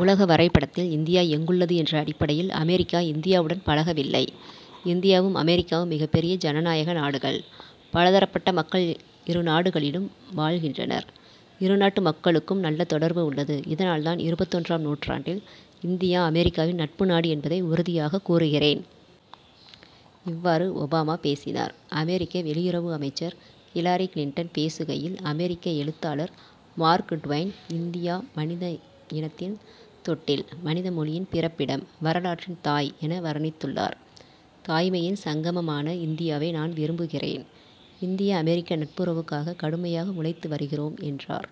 உலக வரைபடத்தில் இந்தியா எங்குள்ளது என்ற அடிப்படையில் அமெரிக்கா இந்தியாவுடன் பழகவில்லை. இந்தியாவும் அமெரிக்காவும் மிகப்பெரிய ஜனநாயக நாடுகள். பலதரப்பட்ட மக்கள் இருநாடுகளிலும் வாழ்கின்றனர். இருநாட்டு மக்களுக்கும் நல்ல தொடர்பு உள்ளது. இதனால் தான் இருபத்தொன்றாம் நூற்றாண்டில் இந்தியா அமெரிக்காவின் நட்பு நாடு என்பதை உறுதியாக கூறுகிறேன். இவ்வாறு ஒபாமா பேசினார். அமெரிக்க வெளியுறவு அமைச்சர் ஹிலாரி கிளின்டன் பேசுகையில் அமெரிக்க எழுத்தாளர் மார்க் ட்வெயின் இந்தியா மனித இனத்தின் தொட்டில் மனித மொழியின் பிறப்பிடம் வரலாற்றின் தாய் என வர்ணித்துள்ளார். தாய்மையின் சங்கமமான இந்தியாவை நான் விரும்புகிறேன். இந்திய அமெரிக்க நட்புறவுக்காக கடுமையாக உழைத்து வருகிறோம் என்றார்.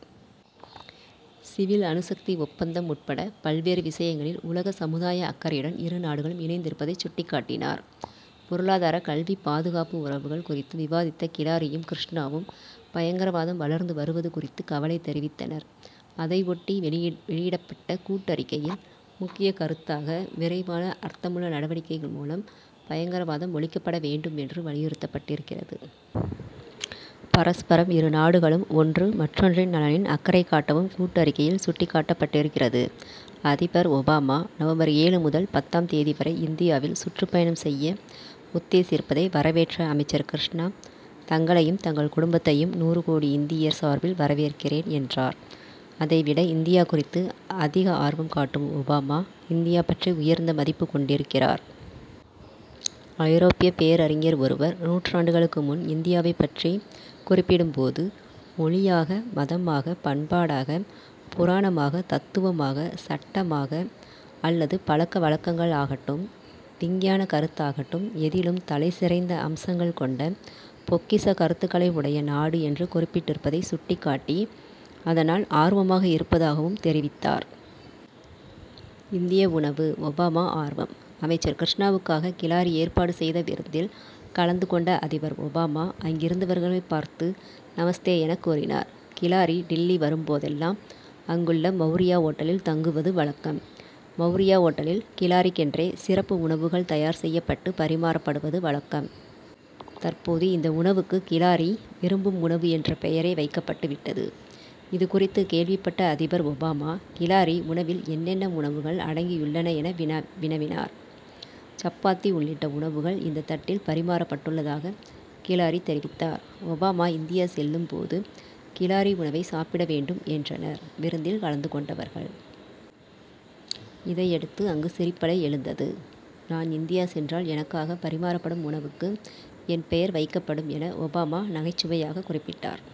சிவில் அணுசக்தி ஒப்பந்தம் உட்பட பல்வேறு விஷயங்களில் உலக சமுதாய அக்கறையுடன் இருநாடுகளும் இணைந்திருப்பதைச் சுட்டிக்காட்டினார். பொருளாதார கல்வி பாதுகாப்பு உறவுகள் குறித்து விவாதித்த ஹிலாரியும் கிருஷ்ணாவும் பயங்கரவாதம் வளர்ந்து வருவது குறித்து கவலைத் தெரிவித்தனர். அதை ஒட்டி வெளியிட்வெளியிடப்பட்ட கூட்டறிக்கையில் முக்கிய கருத்தாக விரைவான அர்த்தமுள்ள நடவடிக்கைகள் மூலம் பயங்கரவாதம் ஒழிக்கப்பட வேண்டும் என்று வலியுறுத்தப்பட்டிருக்கிறது. பரஸ்பரம் இருநாடுகளும் ஒன்று மற்றொன்றின் நலனில் அக்கறை காட்டவும் கூட்டறிக்கையில் சுட்டிக்காட்டப்பட்டிருக்கிறது. அதிபர் ஒபாமா நவம்பர் ஏழு முதல் பத்தாம் தேதி வரை இந்தியாவில் சுற்றுப்பயணம் செய்ய உத்தேசித்திருப்பதை வரவேற்ற அமைச்சர் கிருஷ்ணா தங்களையும் தங்கள் குடும்பத்தையும் நூறுகோடி இந்தியர் சார்பில் வரவேற்கிறேன் என்றார். அதைவிட இந்தியா குறித்து அதிக ஆர்வம் காட்டும் ஒபாமா இந்தியா பற்றி உயர்ந்த மதிப்பு கொண்டிருக்கிறார். ஐரோப்பிய பேரறிஞர் ஒருவர் நூறாண்டுகளுக்கு முன் இந்தியாவைப் பற்றி குறிப்பிடும் போது மொழியாக மதமாக பண்பாடாக புராணமாக தத்துவமாக சட்டமாக அல்லது பழக்கவழக்கங்களாகட்டும் விஞ்ஞான கருத்தாகட்டும் எதிலும் தலைசிறந்த அம்சங்கள் கொண்ட பொக்கிஷக் கருத்துக்களை உடைய நாடு என்று குறிப்பிட்டிருப்பதை சுட்டிக்காட்டி அதனால் ஆர்வமாக இருப்பதாகவும் தெரிவித்தார். இந்திய உணவு ஒபாமா ஆர்வம் அமைச்சர் கிருஷ்ணாவுக்காக ஹிலாரி ஏற்பாடு செய்த விருந்தில் கலந்து கொண்ட அதிபர் ஒபாமா அங்கிருந்தவர்களை பார்த்து நமஸ்தே என கூறினார். ஹிலாரி டில்லி வரும்போதெல்லாம் அங்குள்ள மவுரியா ஓட்டலில் தங்குவது வழக்கம். மவுரியா ஓட்டலில் ஹிலாரிக்கென்றே சிறப்பு உணவுகள் தயார் செய்யப்பட்டு பரிமாறப்படுவது வழக்கம். தற்போது இந்த உணவுக்கு ஹிலாரி விரும்பும் உணவு என்று பெயரே வைக்கப்பட்டு விட்டது. இது குறித்து கேள்விப்பட்ட அதிபர் ஒபாமா ஹிலாரி உணவில் என்னென்ன உணவுகள் அடங்கியுள்ளன என வினாவினவினார். சப்பாத்தி உள்ளிட்ட உணவுகள் இந்த தட்டில் பரிமாறப்பட்டுள்ளதாக ஹிலாரி தெரிவித்தார். ஒபாமா இந்தியா செல்லும் போது ஹிலாரி உணவை சாப்பிட வேண்டும் என்றனர் விருந்தில் கலந்து கொண்டவர்கள். இதையடுத்து அங்கு சிரிப்பலை எழுந்தது. நான் இந்தியா சென்றால் எனக்காக பரிமாறப்படும் உணவுக்கு என் பெயர் வைக்கப்படும் என ஒபாமா நகைச்சுவையாக குறிப்பிட்டார்.